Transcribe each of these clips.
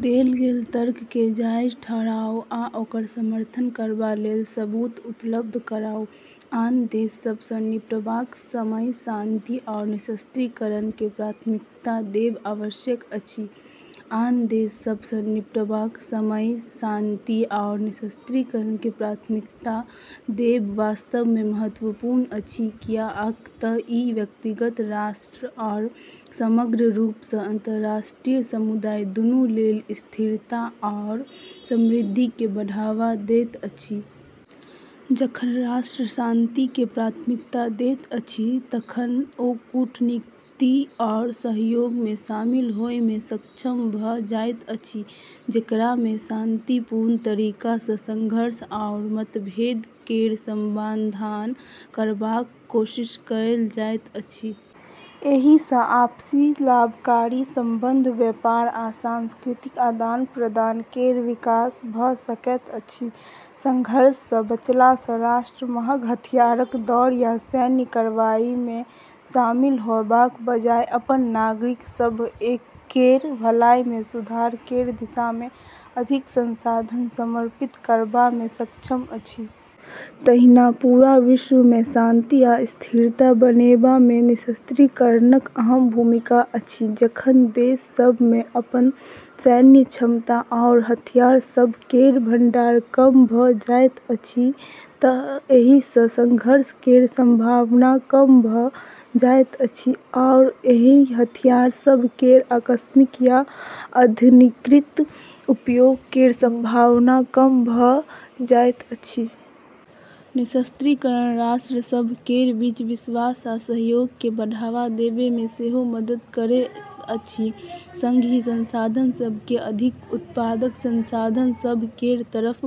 देल गेल तर्क केँ जायज ठहराऊ आ ओकर समर्थन करबा लेल सबूत उपलब्ध कराउ। आन देश सभ सँ निपटबाक समय शांति आओर निरस्त्रीकरण केँ प्राथमिकता देब आवश्यक अछि। आन देश सभ सँ निपटबाक समय शांति आओर निरस्त्रीकरण केँ प्राथमिकता देब वास्तव मे महत्वपूर्ण अछि, कियाक तँ ई व्यक्तिगत राष्ट्र आओर समग्र रूप सँ अंतरराष्ट्रीय समुदाय दूनू लेल स्थिरता आओर समृद्धि केँ बढ़ावा दैत अछि। जखन राष्ट्र शांति केँ प्राथमिकता दैत अछि तखन ओ कूटनीति आओर सहयोग मे शामिल होए मे सक्षम भऽ जाइत अछि, जेकरा मे शांतिपूर्ण तरीका सँ संघर्ष आओर मतभेद केर समाधान करबाक कोशिश कएल जाइत अछि। एहि सँ आपसी लाभकारी संबंध, व्यापार, आ सांस्कृतिक आदान-प्रदान केर विकास भऽ सकैत अछि। संघर्ष सँ बचला सँ राष्ट्र महग हथियारक दौड़ या सैन्य कार्रवाई मे शामिल होएबाक बजाय, अपन नागरिक सभ केर भलाई मे सुधार केर दिशा मे अधिक संसाधन समर्पित करबा मे सक्षम अछि। तहिना पूरा विश्व मे शांति आ स्थिरता बनेबा मे निरस्त्रीकरणक अहम भूमिका अछि। जखन देश सभ मे अपन सैन्य क्षमता आओर हथियार सभ केर भंडार कम भऽ जाइत अछि तँ एहि सँ संघर्ष केर संभावना कम भऽ जाइत अछि आओर एहि हथियार सभ केर आकस्मिक या अनधिकृत उपयोग केर संभावना कम भऽ जाइत अछि। निरस्त्रीकरण राष्ट्र सभ केर बीच विश्वास आ सहयोग केँ बढ़ावा देबै मे सेहो मदद करैत अछि, संग ही संसाधन सभ केँ अधिक उत्पादक साधन सभ केर तरफ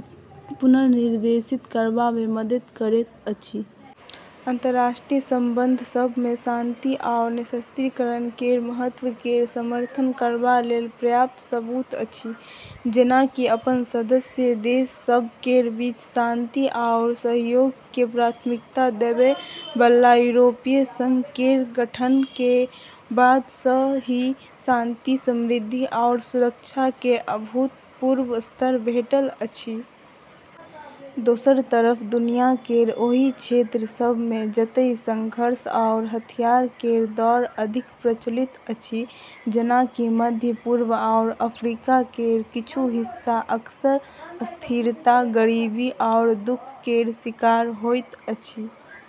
पुनर्निर्देशित करबा मे मदद करैत अछि। अंतरराष्ट्रीय संबंध सभ मे शांति आओर निरस्त्रीकरण केर महत्व केर समर्थन करबा लेल पर्याप्त सबूत अछि। जेना कि अपन सदस्य देश सभ केर बीच शांति आओर सहयोग केँ प्राथमिकता देबै बला यूरोपीय संघ केर गठन केर बाद सँ ही शांति, समृद्धि आओर सुरक्षा केर अभूतपूर्व स्तर भेटल अछि। दोसर तरफ दुनिया केर ओहि क्षेत्र सभ मे जतय संघर्ष आओर हथियार केर दौड़ अधिक प्रचलित अछि, जेना कि मध्य पूर्व आओर अफ्रीका केर किछु हिस्सा, अक्सर अस्थिरता, गरीबी आओर दुख केर शिकार होइत अछि।